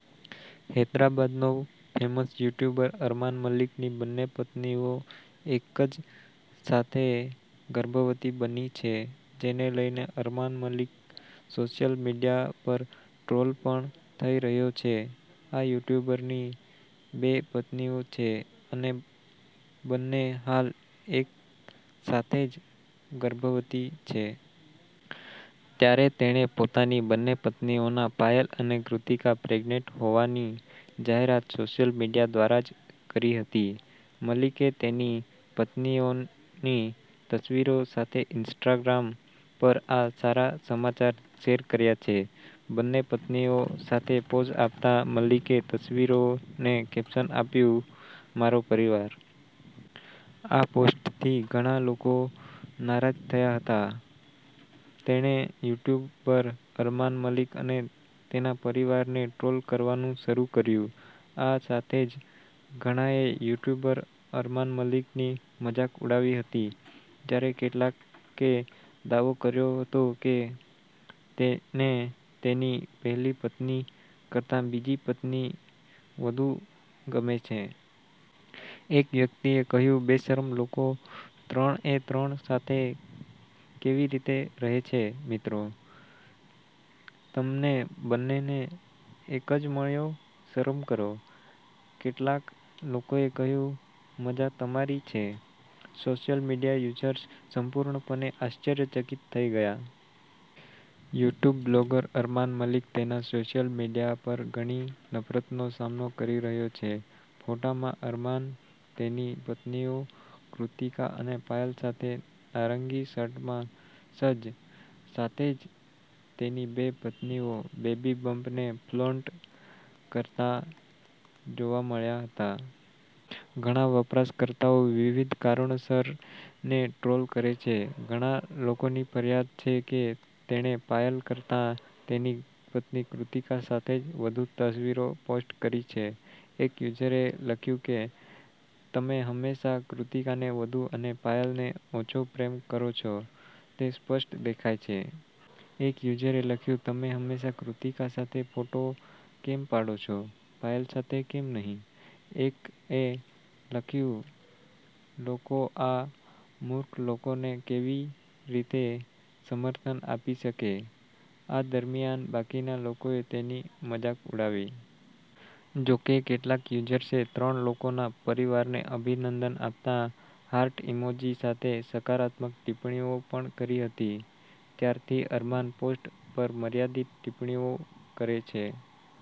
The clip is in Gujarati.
હૈદરાબાદ નો ફેમસ યુટ્યુબર અરમાન મલિક ની બંને પત્નીઓ એક જ સાથે ગર્ભવતી બની છે. જેને લઈને અરમાન મલિક સોશિયલ મીડિયા પર ટ્રોલ પણ થઈ રહ્યો છે. આ યુટ્યુબરની બે પત્નીઓ છે અને બંને હાલ એક સાથે જ ગર્ભવતી છે. ત્યારે તેણે પોતાની બંને પત્નીઓ પાયલ અને કૃતિકા પ્રેગનેન્ટ હોવાની જાહેરાત સોશિયલ મીડિયા દ્વારા જ કરી હતી. મલિકે તેની પત્નીઓની તસવીરો સાથે ઈન્સ્ટાગ્રામ પર આ સારા સમાચાર શેર કર્યા છે. બંને પત્નીઓ સાથે પોઝ આપતાં, મલિકે તસવીરોને કેપ્શન આપ્યું, "મારો પરિવાર. " આ પોસ્ટથી ઘણા લોકો નારાજ થયા હતા. તેણે યુટ્યુબર અરમાન મલિક અને તેના પરિવારને ટ્રોલ કરવાનું શરૂ કર્યું. આ સાથે જ ઘણાએ યુટ્યુબર અરમાન મલિકની મજાક ઉડાવી હતી. જ્યારે કેટલાકે દાવો કર્યો હતો કે તેને તેની પહેલી પત્ની કરતાં તેની બીજી પત્ની વધુ ગમે છે. એક વ્યક્તિએ કહ્યું, 'બેશરમ લોકો ત્રણ એ ત્રણ સાથે કેવી રીતે રહે છે, મિત્રો? તમને બંનેને એક જ મળ્યો? શરમ કરો. ' કેટલાક લોકોએ કહ્યું, 'મજા તમારી છે. ' સોશિયલ મીડિયા યુઝર્સ સંપૂર્ણપણે આશ્ચર્યચકિત થઈ ગયા. યુટ્યુબ વ્લોગર અરમાન મલિક તેના સોશિયલ મીડિયા પર ઘણી નફરતનો સામનો કરી રહ્યો છે. ફોટામાં, અરમાન, તેની પત્નીઓ કૃતિકા અને પાયલ સાથે નારંગી શર્ટમાં સજ્જ, સાથે જ તેની બે પત્નીઓ બેબી બમ્પને ફ્લોન્ટ કરતા જોવા મળ્યા હતા. ઘણા વપરાશકર્તાઓ વિવિધ કારણોસર ને ટ્રોલ કરે છે. ઘણા લોકોની ફરિયાદ છે કે તેણે પાયલ કરતાં તેની પત્ની કૃતિકા સાથે વધુ તસવીરો પોસ્ટ કરી છે. એક યુઝરે લખ્યું કે, 'તમે હંમેશા કૃતિકાને વધુ અને પાયલને ઓછો પ્રેમ કરો છો, તે સ્પષ્ટ દેખાય છે. ' એક યુઝરે લખ્યું, 'તમે હંમેશા કૃતિકા સાથે ફોટો કેમ પાડો છો, પાયલ સાથે કેમ નહીં. ' એકે લખ્યું, 'લોકો આ મૂર્ખ લોકોને કેવી રીતે સમર્થન આપી શકે. ' આ દરમિયાન, બાકીના લોકોએ તેની મજાક ઉડાવી. જો કે, કેટલાક યુઝર્સે ત્રણ લોકોના પરિવારને અભિનંદન આપતા હાર્ટ ઇમોજી સાથે સકારાત્મક ટિપ્પણીઓ પણ કરી હતી. ત્યારથી અરમાન પોસ્ટ પર મર્યાદિત ટિપ્પણીઓ કરે છે.